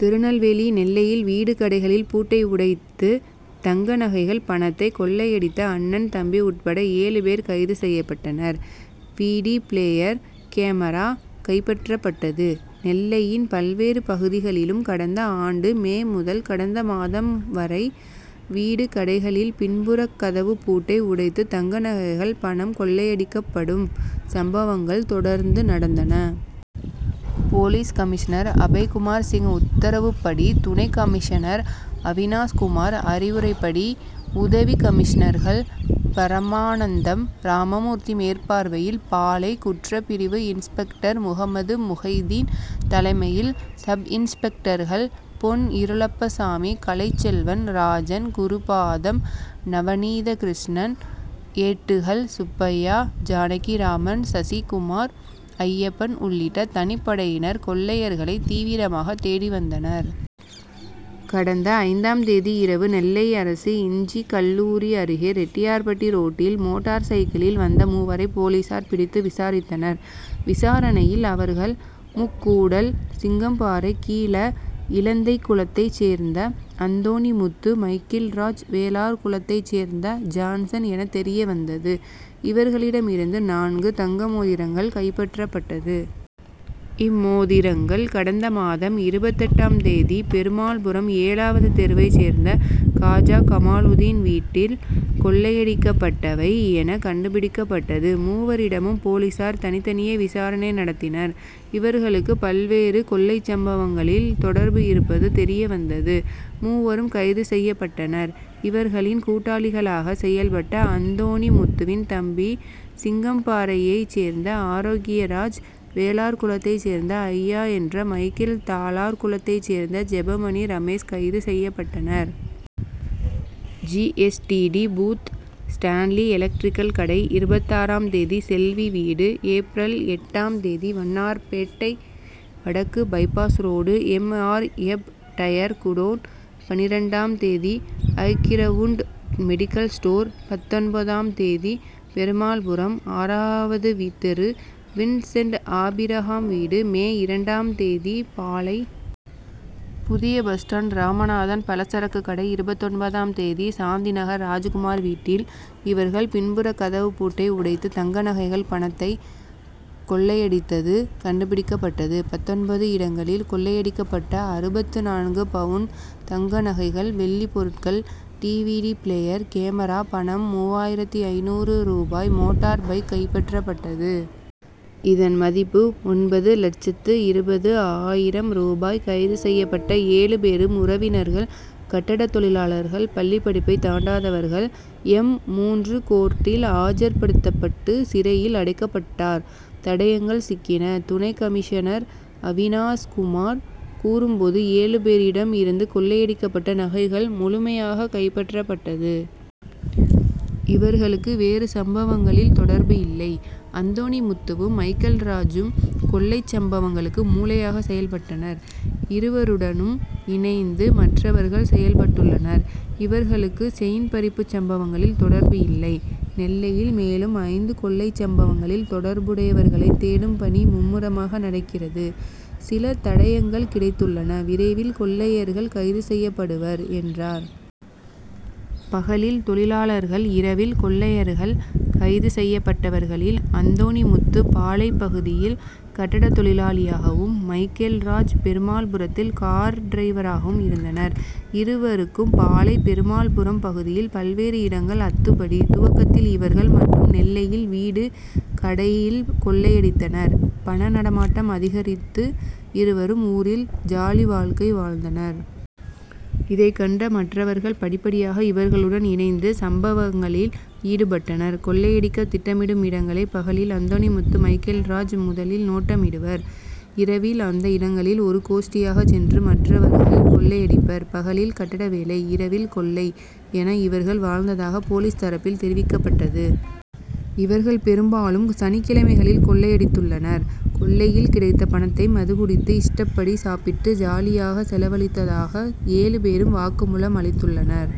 திருநெல்வேலி நெல்லையில் வீடு, கடைகளில் பூட்டை உடைத்து தங்கநகைகள், பணத்தை கொள்ளையடித்த அண்ணன், தம்பி உட்பட ஏழு பேர் கைது செய்யப்பட்டனர். வி. டி., பிளேயர், கேமரா கைப்பற்றப்பட்டது. நெல்லையின் பல்வேறு பகுதிகளிலும் கடந்த ஆண்டு மே முதல் கடந்த மாதம் வரை வீடு, கடைகளில் பின்புறக்கதவுப்பூட்டை உடைத்து தங்கநகைகள், பணம் கொள்ளையடிக்கப்படும் சம்பவங்கள் தொடர்ந்து நடந்தன. போலீஸ் கமிஷனர் அபய்குமார் சிங் உத்தரவுப்படி துணை கமிஷனர் அவினாஷ்குமார் அறிவுரைப்படி, உதவி கமிஷனர்கள் பரமானந்தம், ராமமூர்த்தி மேற்பார்வையில் பாளை. குற்றப்பிரிவு இன்ஸ்பெக்டர் முகம்மதுமுகைதீன் தலைமையில் சப்-இன்ஸ்பெக்டர்கள் பொன். இருளப்பசாமி, கலைச்செல்வன், ராஜன், குருபாதம், நவநீதகிருஷ்ணன், ஏட்டுகள் சுப்பையா, ஜானகிராமன், சசிக்குமார், ஐயப்பன் உள்ளிட்ட தனிப்படையினர் கொள்ளையர்களை தீவிரமாக தேடி வந்தனர். கடந்த ஐந்தாம் தேதி இரவு நெல்லை அரசு இன்ஜி., கல்லூரி அருகே ரெட்டியார்பட்டி ரோட்டில் மோட்டார்சைக்கிளில் வந்த மூவரை போலீசார் பிடித்து விசாரித்தனர். விசாரணையில், அவர்கள் முக்கூடல் சிங்கம்பாறை கீழ இலந்தைக்குளத்தை சேர்ந்த அந்தோணிமுத்து, மைக்கேல்ராஜ், வேளார்குளத்தை சேர்ந்த ஜான்சன் என தெரியவந்தது. இவர்களிடம் இருந்து நான்கு தங்க மோதிரங்கள் கைப்பற்றப்பட்டது. இம்மோதிரங்கள் கடந்த மாதம் இருபத்தெட்டாம் தேதி பெருமாள்புரம் ஏழாவது தெருவை சேர்ந்த காஜாகமாலுதீன் வீட்டில் கொள்ளையடிக்கப்பட்டவை என கண்டுபிடிக்கப்பட்டது. மூவரிடமும் போலீசார் தனித்தனியே விசாரணை நடத்தினர். இவர்களுக்கு பல்வேறு கொள்ளைச்சம்பவங்களில் தொடர்பு இருப்பது தெரியவந்தது. மூவரும் கைது செய்யப்பட்டனர். இவர்களின் கூட்டாளிகளாக செயல்பட்ட அந்தோணிமுத்துவின் தம்பி சிங்கம்பாறையை சேர்ந்த ஆரோக்கியராஜ், வேளார்குளத்தை சேர்ந்த அய்யா என்ற மைக்கேல், தாளார்குளத்தை சேர்ந்த ஜெபமணி, ரமேஷ் கைது செய்யப்பட்டனர். G. S. T. D., booth, Stanley electrical கடை, இருபத்தாறாம் தேதி செல்வி வீடு, ஏப்ரல் எட்டாம் தேதி வண்ணார்பேட்டை வடக்கு bypass road M. R. F., tyre godown, பன்னிரண்டாம் தேதி ஐகிரவுண்ட் மெடிக்கல் ஸ்டோர், பத்தொன்பதாம் தேதி பெருமாள்புரம் ஆறாவது தெரு வின்சென்ட் ஆபிரகாம் வீடு, மே இரண்டாம் தேதி பாளை. புதிய பஸ்ஸ்டாண்ட் ராமநாதன் பலசரக்குக்கடை, இருபத்தொன்பதாம் தேதி சாந்திநகர் ராஜ்குமார் வீட்டில் இவர்கள் பின்புறக்கதவுப்பூட்டை உடைத்து தங்கநகைகள், பணத்தை கொள்ளையடித்தது கண்டுபிடிக்கப்பட்டது. பத்தொன்பது இடங்களில் கொள்ளையடிக்கப்பட்ட அறுபத்து நான்கு பவுன் தங்கநகைகள், வெள்ளி பொருட்கள், T. V. D., player, camera, பணம் மூவாயிரத்து ஐந்நூறு ரூபாய், மோட்டார்பைக் கைப்பற்றப்பட்டது. இதன் மதிப்பு ஒன்பது லட்சத்து இருபது ஆயிரம் ரூபாய். கைது செய்யப்பட்ட ஏழு பேரும் உறவினர்கள். கட்டடத்தொழிலாளர்கள். பள்ளிப்படிப்பை தாண்டாதவர்கள். எம்.மூன்று கோர்ட்டில் ஆஜர்படுத்தப்பட்டு சிறையில் அடைக்கப்பட்டார். தடயங்கள் சிக்கின: துணை கமிஷனர் அவினாஷ்குமார் கூறும்போது, ஏழு பேரிடம் இருந்து கொள்ளையடிக்கப்பட்ட நகைகள் முழுமையாக கைப்பற்றப்பட்டது. இவர்களுக்கு வேறு சம்பவங்களில் தொடர்பு இல்லை. அந்தோணிமுத்துவும், மைக்கேல் ராஜூம் கொள்ளைச்சம்பவங்களுக்கு மூளையாக செயல்பட்டனர். இருவருடனும் இணைந்து மற்றவர்கள் செயல்பட்டுள்ளனர். இவர்களுக்கு செயின்பறிப்புச்சம்பவங்களில் தொடர்பு இல்லை. நெல்லையில் மேலும் ஐந்து கொள்ளைச்சம்பவங்களில் தொடர்புடையவர்களை தேடும் பணி மும்முரமாக நடக்கிறது. சில தடயங்கள் கிடைத்துள்ளன. விரைவில் கொள்ளையர்கள் கைது செய்யப்படுவர் என்றார். பகலில் தொழிலாளர்கள்' இரவில் கொள்ளையர்கள்': கைது செய்யப்பட்டவர்களில் அந்தோணிமுத்து பாளை. பகுதியில் கட்டடத்தொழிலாளியாகவும், மைக்கேல்ராஜ் பெருமாள்புரத்தில் கார் டிரைவராகவும் இருந்தனர். இருவருக்கும் பாளை., பெருமாள்புரம் பகுதியில் பல்வேறு இடங்கள் அத்துபடி. துவக்கத்தில் இவர்கள் மட்டும் நெல்லையில் வீடு, கடையில் கொள்ளையடித்தனர். பண நடமாட்டம்' அதிகரித்து இருவரும் ஊரில் ஜாலிவாழ்க்கை வாழ்ந்தனர். இதை கண்ட மற்றவர்கள் படிப்படியாக இவர்களுடன் இணைந்து சம்பவங்களில் ஈடுபட்டனர். கொள்ளையடிக்க திட்டமிடும் இடங்களை பகலில் அந்தோணிமுத்து, மைக்கேல்ராஜ் முதலில் நோட்டமிடுவர். இரவில் அந்த இடங்களில் ஒரு கோஷ்டியாக சென்று மற்றவர்கள் கொள்ளையடிப்பர். பகலில் கட்டட வேலை, இரவில் கொள்ளை என இவர்கள் வாழ்ந்ததாக போலீஸ் தரப்பில் தெரிவிக்கப்பட்டது. இவர்கள் பெரும்பாலும் சனிக்கிழமைகளில் கொள்ளையடித்துள்ளனர். கொள்ளையில் கிடைத்த பணத்தை மதுகுடித்து, இஷ்டப்படி சாப்பிட்டு ஜாலியாக செலவழித்ததாக ஏழு பேரும் வாக்குமூலம் அளித்துள்ளனர்.